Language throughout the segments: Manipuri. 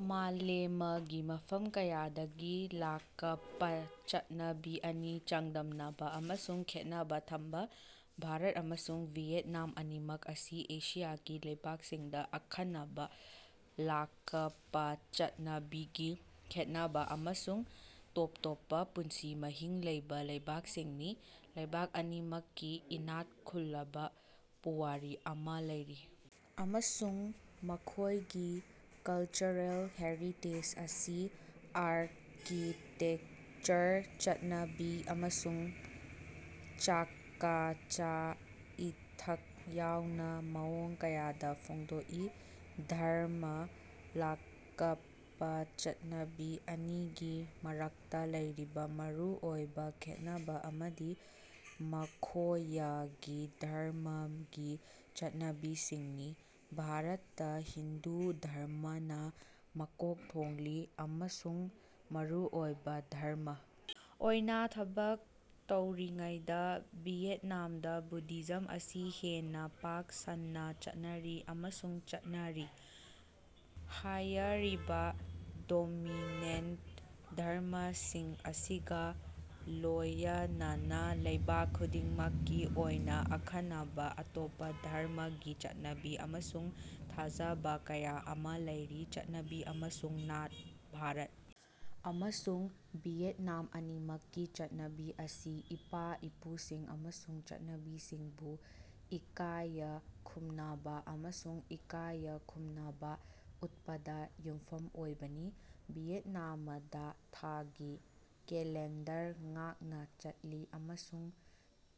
ꯃꯥꯂꯦꯃꯒꯤ ꯃꯐꯝ ꯀꯌꯥꯗꯒꯤ ꯂꯥꯛꯄꯥꯪꯆꯠꯅꯕꯤ ꯑꯅꯤ ꯆꯥꯡꯗꯝꯅꯕꯥ ꯑꯃꯁꯨꯡ ꯈꯦꯠꯅꯕꯥ ꯊꯝꯕꯥ: ꯚꯥꯔꯠ ꯑꯃꯁꯨꯡ ꯚꯤꯌꯦꯠꯅꯥꯝ ꯑꯅꯤꯃꯛ ꯑꯁꯤ ꯑꯦꯁꯤꯌꯥꯒꯤ ꯂꯩꯕꯥꯛꯁꯤꯡꯗꯥ ꯑꯈꯟꯅꯕꯥ ꯂꯥꯛꯄꯥꯪꯆꯠꯅꯕꯤꯒꯤ ꯈꯦꯠꯅꯕꯥ ꯑꯃꯁꯨꯡ ꯇꯣꯞ ꯇꯣꯞꯄꯥ ꯄꯨꯟꯁꯤ ꯃꯍꯤꯡ ꯂꯩꯕꯥ ꯂꯩꯕꯥꯛꯁꯤꯡꯅꯤ꯫ ꯂꯩꯕꯥꯛ ꯑꯅꯤꯃꯛꯀꯤ ꯏꯅꯥꯛ ꯈꯨꯜꯂꯕꯥ ꯄꯨꯋꯥꯔꯤ ꯑꯃꯥ ꯂꯩꯔꯤ ꯑꯃꯁꯨꯡ ꯃꯈꯣꯏꯒꯤ ꯀꯜꯆꯔꯦꯜ ꯍꯦꯔꯤꯇꯦꯖ ꯑꯁꯤ ꯑꯥꯔꯀꯤꯇꯦꯀꯆꯔ, ꯆꯠꯅꯕꯤ, ꯑꯃꯁꯨꯡ ꯆꯥꯛꯆꯥ-ꯏꯊꯛ ꯌꯥꯎꯅꯥ ꯃꯑꯣꯡ ꯀꯌꯥꯗꯥ ꯐꯣꯡꯗꯣꯛꯏ꯫ ꯙꯔꯝꯃ: ꯂꯥꯀꯄꯥꯪꯆꯠꯅꯕꯤ ꯑꯅꯤꯒꯤ ꯃꯔꯛꯇꯥ ꯂꯩꯔꯤꯕꯥ ꯃꯔꯨ ꯑꯣꯏꯕꯥ ꯈꯦꯠꯅꯕꯥ ꯑꯃꯗꯤ ꯃꯈꯣꯌꯒꯤ ꯙꯔꯝꯃꯒꯤ ꯆꯠꯅꯕꯤꯁꯤꯡꯅꯤ꯫ ꯚꯥꯔꯠꯇꯥ ꯍꯤꯟꯗꯨ ꯙꯔꯝꯃꯅꯥ ꯃꯀꯣꯛ ꯊꯣꯡꯂꯤ ꯑꯃꯁꯨꯡ ꯃꯔꯨꯑꯣꯏꯕꯥ ꯙꯔꯝꯃ ꯑꯣꯏꯅꯥ ꯊꯕꯛ ꯇꯧꯔꯤꯉꯩꯗꯥ, ꯚꯤꯌꯦꯠꯅꯥꯝꯗꯥ ꯕꯨꯙꯤꯖꯝ ꯑꯁꯤ ꯍꯦꯟꯅꯥ ꯄꯥꯛ ꯁꯟꯅꯥ ꯆꯠꯅꯔꯤ ꯑꯃꯁꯨꯡ ꯆꯠꯅꯔꯤ꯫ ꯍꯥꯌꯔꯤꯕꯥ ꯗꯣꯃꯤꯅꯦꯟꯇ ꯙꯔꯝꯃꯁꯤꯡ ꯑꯁꯤꯒꯥ ꯂꯣꯌꯅꯅꯥ ꯂꯩꯕꯥꯛ ꯈꯨꯗꯤꯡꯃꯛꯀꯤ ꯑꯣꯏꯅꯥ ꯑꯈꯟꯅꯕꯥ ꯑꯇꯣꯞꯄꯥ ꯙꯔꯝꯃꯒꯤ ꯆꯠꯅꯕꯤ ꯑꯃꯁꯨꯡ ꯊꯥꯖꯕꯥ ꯀꯌꯥ ꯑꯃꯥ ꯂꯩꯔꯤ꯫ ꯆꯠꯅꯕꯤ ꯑꯃꯁꯨꯡ ꯅꯥꯠ: ꯚꯥꯔꯠ ꯑꯃꯁꯨꯡ ꯚꯤꯌꯦꯠꯅꯥꯝ ꯑꯅꯤꯃꯛꯀꯤ ꯆꯠꯅꯕꯤ ꯑꯁꯤ ꯏꯄꯥ-ꯏꯄꯨꯁꯤꯡ ꯑꯃꯁꯨꯡ ꯆꯠꯅꯕꯤꯁꯤꯡꯕꯨ ꯏꯀꯥꯌ ꯈꯨꯝꯅꯕꯥ ꯑꯃꯁꯨꯡ ꯏꯀꯥꯌꯈꯨꯝꯅꯕꯥ ꯎꯠꯄꯗꯥ ꯌꯨꯝꯐꯝ ꯑꯣꯏꯕꯅꯤ꯫ ꯚꯤꯌꯦꯠꯅꯥꯃꯗꯥ ꯊꯥꯒꯤ ꯀꯦꯂꯦꯟꯗꯔ ꯉꯥꯛꯅꯥ ꯆꯠꯂꯤ ꯑꯃꯁꯨꯡ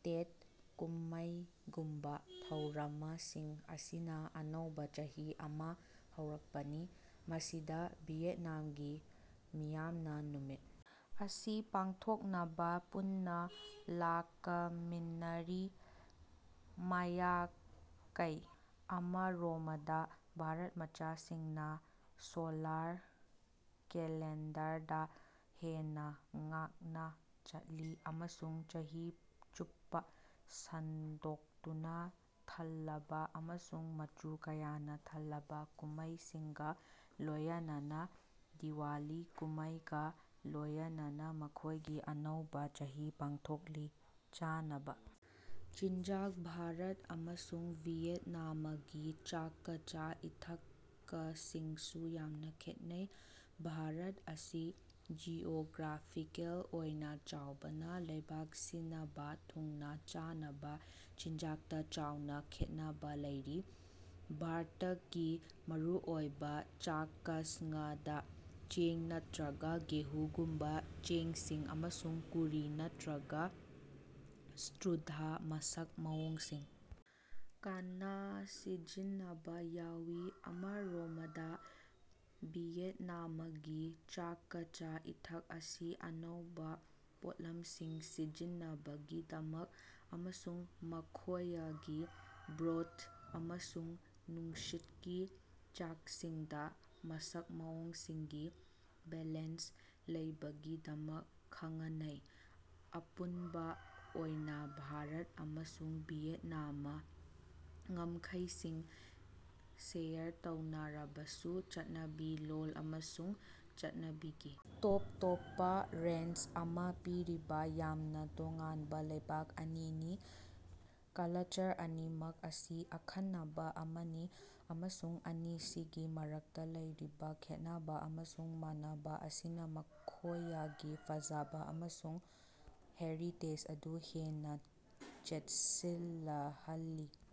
ꯇꯦꯠ ꯀꯨꯝꯃꯩꯒꯨꯝꯕꯥ ꯊꯧꯔꯃꯁꯤꯡ ꯑꯁꯤꯅꯥ ꯑꯅꯧꯕꯥ ꯆꯍꯤ ꯑꯃꯥ ꯍꯧꯔꯛꯄꯅꯤ, ꯃꯁꯤꯗꯥ ꯚꯤꯌꯦꯠꯅꯥꯃꯒꯤ ꯃꯤꯌꯥꯝꯅꯥ ꯅꯨꯃꯤꯠ ꯑꯁꯤ ꯄꯥꯡꯊꯣꯛꯅꯕꯥ ꯄꯨꯟꯅꯥ ꯂꯥꯛꯃꯤꯟꯅꯔꯤ꯫ ꯃꯥꯌꯀꯩ ꯑꯃꯔꯣꯃꯗꯥ ꯚꯥꯔꯠ ꯃꯆꯥ ꯁꯤꯡꯅꯥ ꯁꯣꯂꯥꯔ ꯀꯦꯂꯦꯟꯗꯔꯗꯥ ꯍꯦꯟꯅꯥ ꯉꯥꯛꯅꯥ ꯆꯠꯂꯤ ꯑꯃꯁꯨꯡ ꯆꯍꯤ ꯆꯨꯞꯄꯥ ꯁꯟꯗꯣꯛꯇꯨꯅꯥ ꯊꯜꯂꯕꯥ ꯑꯃꯁꯨꯡ ꯃꯆꯨ ꯀꯌꯥꯅꯥ ꯊꯜꯂꯕꯥ ꯀꯨꯝꯃꯩꯁꯤꯡꯒꯥ ꯂꯣꯌꯅꯅꯥ ꯗꯤꯋꯥꯂꯤ ꯀꯨꯝꯃꯩꯒꯥ ꯂꯣꯌꯅꯅꯥ ꯃꯈꯣꯌꯒꯤ ꯑꯅꯧꯕꯥ ꯆꯍꯤ ꯄꯥꯡꯊꯣꯛꯂꯤ꯫ ꯆꯥꯅꯕꯥ ꯆꯤꯟꯖꯥꯛ: ꯚꯥꯔꯠ ꯑꯃꯁꯨꯡ ꯚꯤꯌꯦꯠꯅꯥꯃꯒꯤ ꯆꯥꯛꯆꯥ-ꯏꯊꯛꯁꯤꯡꯁꯨ ꯌꯥꯝꯅꯥ ꯈꯦꯠꯅꯩ꯫ ꯚꯥꯔꯠ ꯑꯁꯤ ꯖꯤꯑꯣꯒ꯭ꯔꯥꯐꯤꯀꯦꯜ ꯑꯣꯏꯅꯥ ꯆꯥꯎꯕꯅꯥ ꯂꯩꯕꯥꯛ ꯁꯤꯅꯕꯥ ꯊꯨꯡꯅꯥ ꯆꯥꯅꯕꯥ ꯆꯤꯟꯖꯥꯛꯇꯥ ꯆꯥꯎꯅꯥ ꯈꯦꯠꯅꯕꯥ ꯂꯩꯔꯤ꯫ ꯚꯥꯔꯇꯀꯤ ꯃꯔꯨꯑꯣꯏꯕꯥ ꯆꯥꯛꯁꯉꯗꯥ ꯆꯦꯡ ꯅꯠꯇ꯭ꯔꯒꯥ ꯒꯦꯍꯨꯒꯨꯝꯕꯥ ꯆꯦꯡꯁꯤꯡ, ꯑꯃꯁꯨꯡ ꯀꯨꯔꯤ ꯅꯠꯇ꯭ꯔꯒꯥ ꯁ꯭ꯇꯨꯗꯥ ꯃꯁꯛ ꯃꯑꯣꯡꯁꯤꯡ ꯀꯟꯅꯥ ꯁꯤꯖꯤꯟꯅꯕꯥ ꯌꯥꯎꯏ꯫ ꯑꯃꯔꯣꯃꯗꯥ ꯚꯤꯌꯦꯠꯅꯥꯃꯒꯤ ꯆꯥꯀꯆꯥ-ꯏꯊꯛ ꯑꯁꯤ ꯑꯅꯧꯕꯥ ꯄꯣꯠꯂꯝꯁꯤꯡ ꯁꯤꯖꯤꯟꯅꯕꯒꯤꯗꯃꯛ ꯑꯃꯁꯨꯡ ꯃꯈꯣꯌꯒꯤ ꯕ꯭ꯔꯣꯊ ꯑꯃꯁꯨꯡ ꯅꯨꯡꯁꯤꯠꯀꯤ ꯆꯥꯛꯁꯤꯡꯗꯥ ꯃꯁꯛ ꯃꯑꯣꯡꯁꯤꯡꯒꯤ ꯕꯦꯂꯦꯟꯁ ꯂꯩꯕꯒꯤꯗꯃꯛ ꯈꯉꯅꯩ꯫ ꯑꯄꯨꯟꯕꯥ ꯑꯣꯏꯅꯥ ꯚꯥꯔꯠ ꯑꯃꯁꯨꯡ ꯚꯤꯌꯦꯠꯅꯥꯝꯅꯥ ꯉꯝꯈꯩꯁꯤꯡ ꯁꯦꯌꯔ ꯇꯧꯅꯔꯕꯁꯨ, ꯆꯠꯅꯕꯤ, ꯂꯣꯜ ꯑꯃꯁꯨꯡ ꯆꯠꯅꯕꯤꯒꯤ ꯇꯣꯞ ꯇꯣꯞꯄꯥ ꯔꯦꯟꯖ ꯑꯃꯥ ꯄꯤꯔꯤꯕꯥ ꯌꯥꯝꯅꯥ ꯇꯣꯉꯥꯟꯕꯥ ꯂꯩꯕꯥꯛ ꯑꯅꯤꯅꯤ꯫ ꯀꯂꯆꯔ ꯑꯅꯤꯃꯛ ꯑꯁꯤ ꯑꯈꯟꯅꯕꯥ ꯑꯃꯅꯤ, ꯑꯃꯁꯨꯡ ꯑꯅꯤꯁꯤꯒꯤ ꯃꯔꯛꯇꯥ ꯂꯩꯔꯤꯕꯥ ꯈꯦꯠꯅꯕꯥ ꯑꯃꯁꯨꯡ ꯃꯥꯟꯅꯕꯥ ꯑꯁꯤꯅꯥ ꯃꯈꯣꯌꯒꯤ ꯐꯖꯕꯥ ꯑꯃꯁꯨꯡ ꯍꯦꯔꯤꯇꯦꯖ ꯑꯗꯨ ꯍꯦꯟꯅꯥ ꯆꯦꯠꯁꯤꯂꯍꯜꯂꯤ꯫